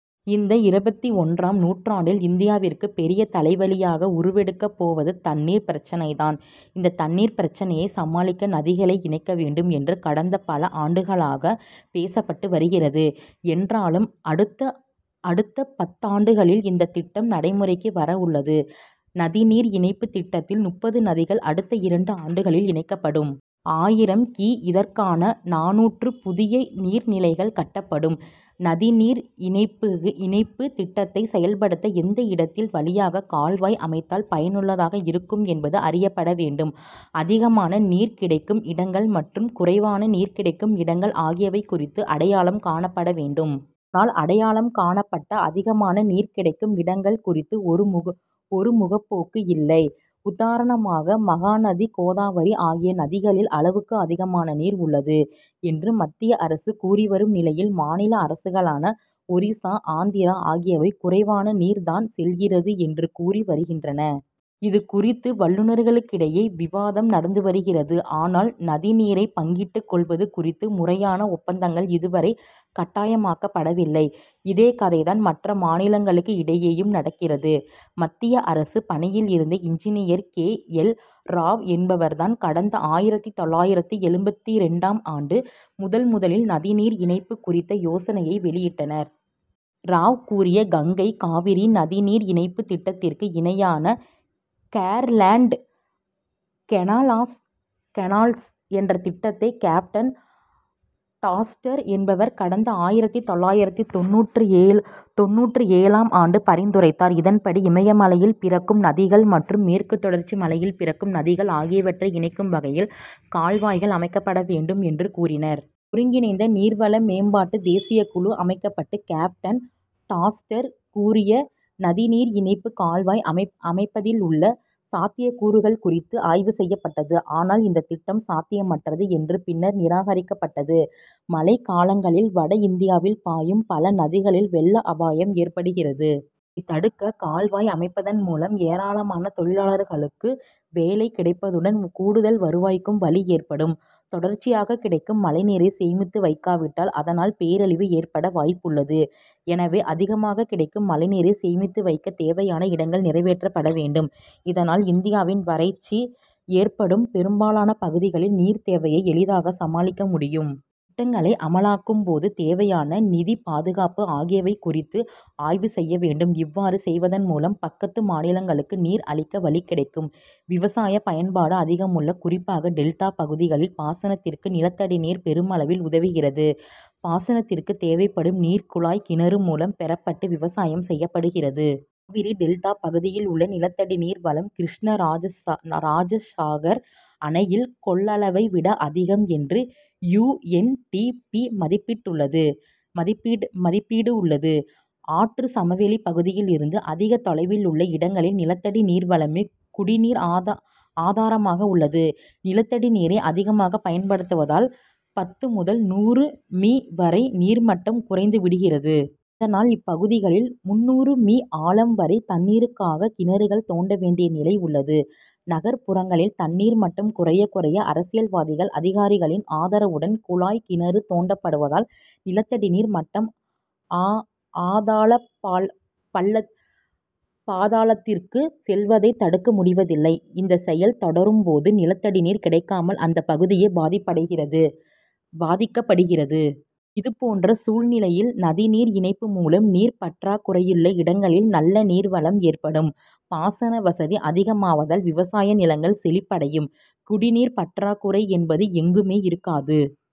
இந்த இருபத்தொன்றாம் நூற்றாண்டில் இந்தியாவிற்கு பெரிய தலைவலியாக உருவெடுக்கப் போவது தண்ணீர் பிரச்னை தான். இந்த தண்ணீர் பிரச்னையை சமாளிக்க நதிகளை இணைக்க வேண்டும் என்று கடந்த பல ஆண்டுகளாக பேசப்பட்டு வருகிறது. என்றாலும் அடுத்த பத்தாண்டுகளில் இந்த திட்டம் நடைமுறைக்கு வர உள்ளது. நதிநீர் இணைப்பு திட்டத்தில் முப்பது நதிகள் அடுத்த இரண்டு ஆண்டுகளில் இணைக்கப்படும். ஆயிரம் கி. இதற்காக நானூறு புதிய நீர் நிலைகள் கட்டப்படும். நதிநீர் இணைப்பு திட்டத்தை செயல்படுத்த எந்த இடத்தின் வழியாக கால்வாய் அமைத்தால் பயனுள்ளதாக இருக்கும் என்பது அறியப்பட வேண்டும். அதிகமான நீர் கிடைக்கும் இடங்கள் மற்றும் குறைவான நீர் கிடைக்கும் இடங்கள் ஆகியவை குறித்து அடையாளம் காணப்பட வேண்டும். ஆனால் அடையாளம் காணப்பட்ட அதிகமான நீர் கிடைக்கும் இடங்கள் குறித்து ஒருமுகப்போக்கு இல்லை. உதாரணமாக மகாநதி கோதாவரி ஆகிய நதிகளில் அளவுக்கு அதிகமான நீர் உள்ளது என்று மத்திய அரசு கூறிவரும் நிலையில் மாநில அரசுகளான ஒரிசா ஆந்திரா ஆகியவை குறைவான நீர் தான் செல்கிறது என்று கூறி வருகின்றன. இதுகுறித்து வல்லுனர்களிடையே விவாதம் நடந்து வருகிறது. ஆனால் நதிநீரை பங்கிட்டுக் கொள்வது குறித்து முறையான ஒப்பந்தங்கள் இதுவரை கட்டாயமாக்கப்படவில்லை. இதே கதைதான் மற்ற மாநிலங்களுக்கு இடையேயும் நடக்கிறது. மத்திய அரசு பணியிலிருந்த இன்ஜினியர் கே. எல். ராவ் என்பவர் தான் கடந்த ஆயிரத்து தொள்ளாயிரத்து எழுபத்திரண்டாம் ஆண்டு முதன்முதலில் நதிநீர் இணைப்பு குறித்த யோசனையை வெளியிட்டார். ராவ் கூறிய கங்கை காவிரி நதிநீர் இணைப்பு திட்டத்திற்கு இணையான கேர்லேண்ட் கெனால்ஸ் என்ற திட்டத்தை கேப்டன் டாஸ்டர் என்பவர் கடந்த ஆயிரத்து தொள்ளாயிரத்து தொண்ணூற்றேழாம் ஆண்டு பரிந்துரைத்தார். இதன்படி இமயமலையில் பிறக்கும் நதிகள் மற்றும் மேற்கு தொடர்ச்சி மலையில் பிறக்கும் நதிகள் ஆகியவற்றை இணைக்கும் வகையில் கால்வாய்கள் அமைக்க வேண்டும் என்று கூறினார். ஒருங்கிணைந்த நீர்வள மேம்பாடு தேசிய குழு அமைக்கப்பட்டு கேப்டன் டாஸ்டர் கூறிய நதிநீர் இணைப்பு கால்வாய் அமைப்பதிலுள்ள சாத்தியக்கூறுகள் குறித்து ஆய்வு செய்யப்பட்டது. ஆனால் இந்த திட்டம் சாத்தியமற்றது என்று பின்னர் நிராகரிக்கப்பட்டது. மழைக்காலங்களில் வட இந்தியாவில் பாயும் பல நதிகளில் வெள்ள அபாயம் ஏற்படுகிறது. இதை தடுக்க கால்வாய் அமைப்பதன் மூலம் ஏராளமான தொழிலாளர்களுக்கு வேலை கிடைப்பதுடன் கூடுதல் வருவாய்க்கும் வழி ஏற்படும். தொடர்ச்சியாக கிடைக்கும் மழைநீரை சேமித்து வைக்காவிட்டால் அதனால் பேரழிவு ஏற்பட வாய்ப்புள்ளது. எனவே அதிகமாக கிடைக்கும் மழைநீரை சேமித்து வைக்க தேவையான திட்டங்கள் நிறைவேற்றப்பட வேண்டும். இதனால் இந்தியாவில் வறட்சி ஏற்படும் பெரும்பாலான பகுதிகளின் நீர் தேவையை எளிதாக சமாளிக்க முடியும். திட்டங்களை அமலாக்கும் போது தேவையான நிதி பாதுகாப்பு ஆகியவை குறித்து ஆய்வு செய்ய வேண்டும். இவ்வாறு செய்வதன் மூலம் பக்கத்து மாநிலங்களுக்கு நீர் அளிக்க வழி கிடைக்கும். விவசாய பயன்பாடு அதிகமுள்ள குறிப்பாக டெல்டா பகுதிகளில் பாசனத்திற்கு நிலத்தடி நீர் பெருமளவில் உதவுகிறது. பாசனத்திற்கு தேவைப்படும் நீர் குழாய் கிணறு மூலம் பெறப்பட்டு விவசாயம் செய்யப்படுகிறது. காவிரி டெல்டா பகுதியிலுள்ள நிலத்தடிநீர் வளம் கிருஷ்ணராஜசாகர் அணையில் கொள்ளளவை விட அதிகம் என்று யூ. என். டி. பி. மதிப்பிட்டுள்ளது. ஆற்று சமவெளி பகுதியிலிருந்து அதிக தொலைவிலுள்ள இடங்களில் நிலத்தடி நீர்வளமே குடிநீர் ஆதாரமாக உள்ளது. நிலத்தடி நீரை அதிகமாக பயன்படுத்துவதால் பத்து முதல் நூறு மீ வரை நீர் மட்டம் குறைந்து விடுகிறது. இதனால் இப்பகுதிகளில் முந்நூறு மீ ஆழம் வரை தண்ணீருக்காக கிணறுகள் தோண்ட வேண்டிய நிலை உள்ளது. நகர்புறங்களில் தண்ணீர் மட்டம் குறைய குறைய அரசியல்வாதிகள் அதிகாரிகளின் ஆதரவுடன் குழாய் கிணறு தோண்டப்படுவதால் நிலத்தடிநீர் மட்டம் அதாள பாதாளத்திற்கு செல்வதை தடுக்க முடிவதில்லை. இந்த செயல் தொடரும் போது நிலத்தடி நீர் கிடைக்காமல் அந்த பகுதியே பாதிக்கப்படுகிறது. இதுபோன்ற சூழ்நிலையில் நதிநீர் இணைப்பு மூலம் நீர் பற்றாக்குறையுள்ள இடங்களில் நல்ல நீர் வளம் ஏற்படும். பாசன வசதி அதிகமாவதால் விவசாய நிலங்கள் செழிப்படையும். குடிநீர் பற்றாக்குறை என்பது எங்குமே இருக்காது.